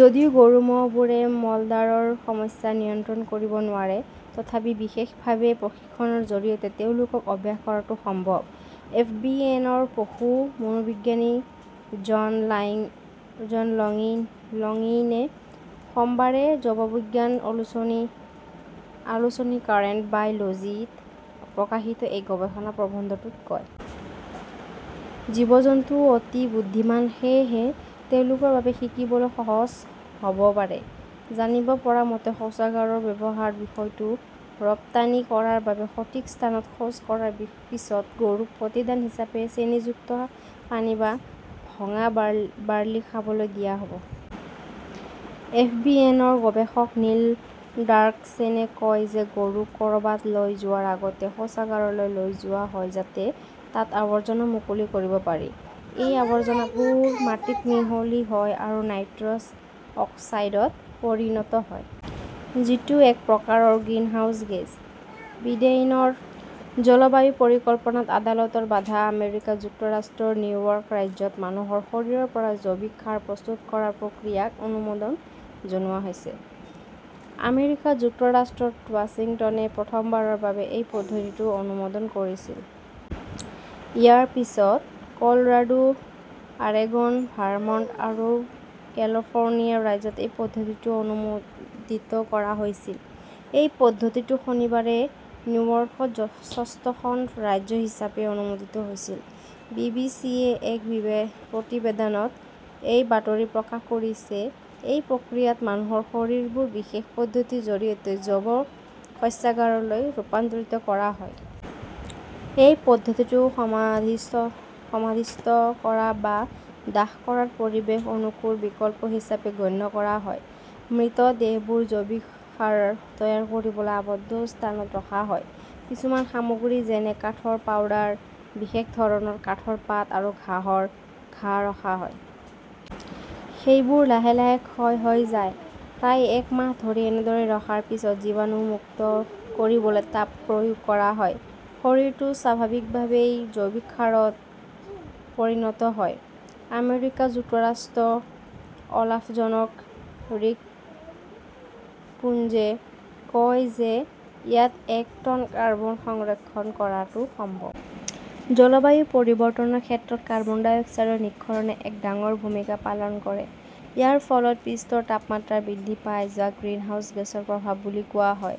যদিও গৰু-ম'হবোৰে মলদ্বাৰৰ সমস্যা নিয়ন্ত্ৰণ কৰিব নোৱাৰে, তথাপিও বিশেষভাৱে প্ৰশিক্ষণৰ জৰিয়তে তেওঁলোকক অভ্যাস কৰোৱাটো সম্ভৱ ", এফ. বি. এন. -ৰ পশু মনোবিজ্ঞানী জান লংইনে সোমবাৰে জৈৱবিজ্ঞান আলোচনী" কাৰেণ্ট বায় "লজী" ত প্ৰকাশিত সেই গৱেষণা প্ৰবন্ধটোত কয়। জীৱ-জন্তুবোৰ অতি বুদ্ধিমান, সেয়েহে তেওঁলোকৰ বাবে শিকিবলৈও সহজ হ'ব পাৰে। "জানিব পৰা মতে, শৌচাগাৰৰ ব্যৱহাৰৰ বিষয়টো ৰপ্তানি কৰাৰ বাবে সঠিক স্থানত শৌচ কৰাৰ পিছত গৰুক প্ৰতিদান হিচাপে চেনীযুক্ত পানী বা ভঙা বাৰ্লি খাবলৈ দিয়া হয়। এফ. বি. এন. -ৰ গৱেষক নীল ডাৰ্কছেনে কয় যে গৰুক ক'ৰবাত লৈ যোৱাৰ আগতে শৌচাগাৰলৈ লৈ যোৱা হয় যাতে তাত আৱৰ্জনা মুকলি কৰিব পাৰি। এই আৱৰ্জনাবোৰ মাটিত মিহলি হয় আৰু নাইট্ৰছ অক্সাইডত পৰিণত হয়। যিটো এক প্ৰকাৰৰ গ্ৰিনহাউজ গেছ। বিডেইনৰ জলবায়ু পৰিকল্পনাত আদালতৰ বাধা আমেৰিকা যুক্তৰাষ্ট্ৰৰ নিউয়ৰ্ক ৰাজ্যত মানুহৰ শৰীৰৰ পৰা জৈৱিক সাৰ প্ৰস্তুত কৰাৰ প্ৰক্ৰিয়াক অনুমোদন জনোৱা হৈছে। আমেৰিকা যুক্তৰাষ্ট্ৰত ৱাশ্বিংটনে প্ৰথমবাৰৰ বাবে এই পদ্ধতিটো অনুমোদন কৰিছিল। ইয়াৰ পিছত কলৰাডো, অৰেগন, ভাৰমণ্ট আৰু কেলিফৰ্ণিয়া ৰাজ্যত এই পদ্ধতিটো অনুমোদিত কৰা হৈছিল। এই পদ্ধতিটো শনিবাৰে নিউয়ৰ্কত ষষ্ঠখন ৰাজ্য হিচাপে অনুমোদিত হৈছিল। বি. বি. চি. -য়ে এক প্ৰতিবেদনত এই বাতৰি প্ৰকাশ কৰিছে। এই প্ৰক্ৰিয়াত, মানুহৰ শৰীৰবোৰ বিশেষ পদ্ধতিৰ জৰিয়তে জৈৱ শস্যাগাৰলৈ ৰূপান্তৰিত কৰা হয়। এই পদ্ধতিটো সমাধিস্থ কৰা বা দাহ কৰাৰ পৰিৱেশ অনুকূল বিকল্প হিচাপে গণ্য কৰা হয়। মৃতদেহবোৰ জৈৱিক সাৰ তৈয়াৰ কৰিবলৈ আবদ্ধ স্থানত ৰখা হয়। কিছুমান সামগ্ৰী যেনে কাঠৰ পাউডাৰ, বিশেষ ধৰণৰ কাঠৰ পাত আৰু ঘাঁহৰ ঘাঁহ ৰখা হয়। সেইবোৰ লাহে লাহে ক্ষয় হৈ যায়। প্ৰায় এক মাহ ধৰি এনেদৰে ৰখাৰ পিছত জীৱাণুমুক্ত কৰিবলৈ তাপ প্ৰয়োগ কৰা হয়। শৰীৰটো স্বাভাৱিকভাৱেই জৈৱিক চাৰত পৰিণত হয়। আমেৰিকা যুক্তৰাষ্ট্ৰৰ অলাভজনক ৰিকম্পোজে কয় যে ইয়াত এক টন কাৰ্বন সংৰক্ষণ কৰাটো সম্ভৱ। জলবায়ু পৰিৱৰ্তনৰ ক্ষেত্ৰত কাৰ্বন ডাই অক্সাইডৰ নিঃসৰণে এক ডাঙৰ ভূমিকা পালন কৰে। ইয়াৰ ফলত পৃষ্ঠৰ তাপমাত্ৰা বৃদ্ধি পায়, যাক গ্ৰিনহাউজ গেছৰ প্ৰভাৱ বুলি কোৱা হয়।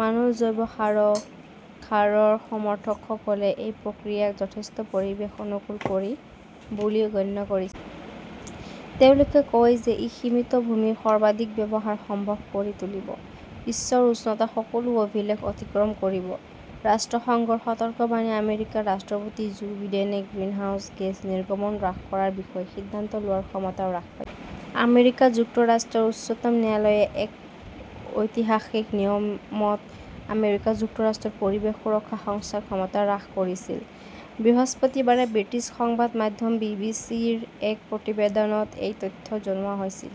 মানৱ জৈৱ সাৰৰ সমৰ্থকসকলে এই প্ৰক্ৰিয়াক যথেষ্ট পৰিৱেশ অনুকূল বুলি গণ্য কৰিছিল। তেওঁলোকে কয় যে ই সীমিত ভূমিৰ সৰ্বাধিক ব্যৱহাৰ সম্ভৱ কৰি তুলিব। বিশ্বৰ উষ্ণতা সকলো অভিলেখ অতিক্ৰম কৰিব, ৰাষ্ট্ৰসংঘৰ সতৰ্কবাণী আমেৰিকাৰ ৰাষ্ট্ৰপতি জো বিডেনে গ্ৰিনহাউজ গেছ নিৰ্গমন হ্ৰাস কৰাৰ বিষয়ে সিদ্ধান্ত লোৱাৰ ক্ষমতা হ্ৰাস পাইছে। আমেৰিকা যুক্তৰাষ্ট্ৰৰ উচ্চতম ন্যায়ালয়ে এক ঐতিহাসিক নিয়মত আমেৰিকা যুক্তৰাষ্ট্ৰৰ পৰিৱেশ সুৰক্ষা সংস্থাৰ ক্ষমতা হ্ৰাস কৰিছিল। বৃহস্পতিবাৰে ব্ৰিটিছ সংবাদ মাধ্যম বি. বি. চি. -ৰ এক প্ৰতিবেদনত এই তথ্য জনোৱা হৈছিল।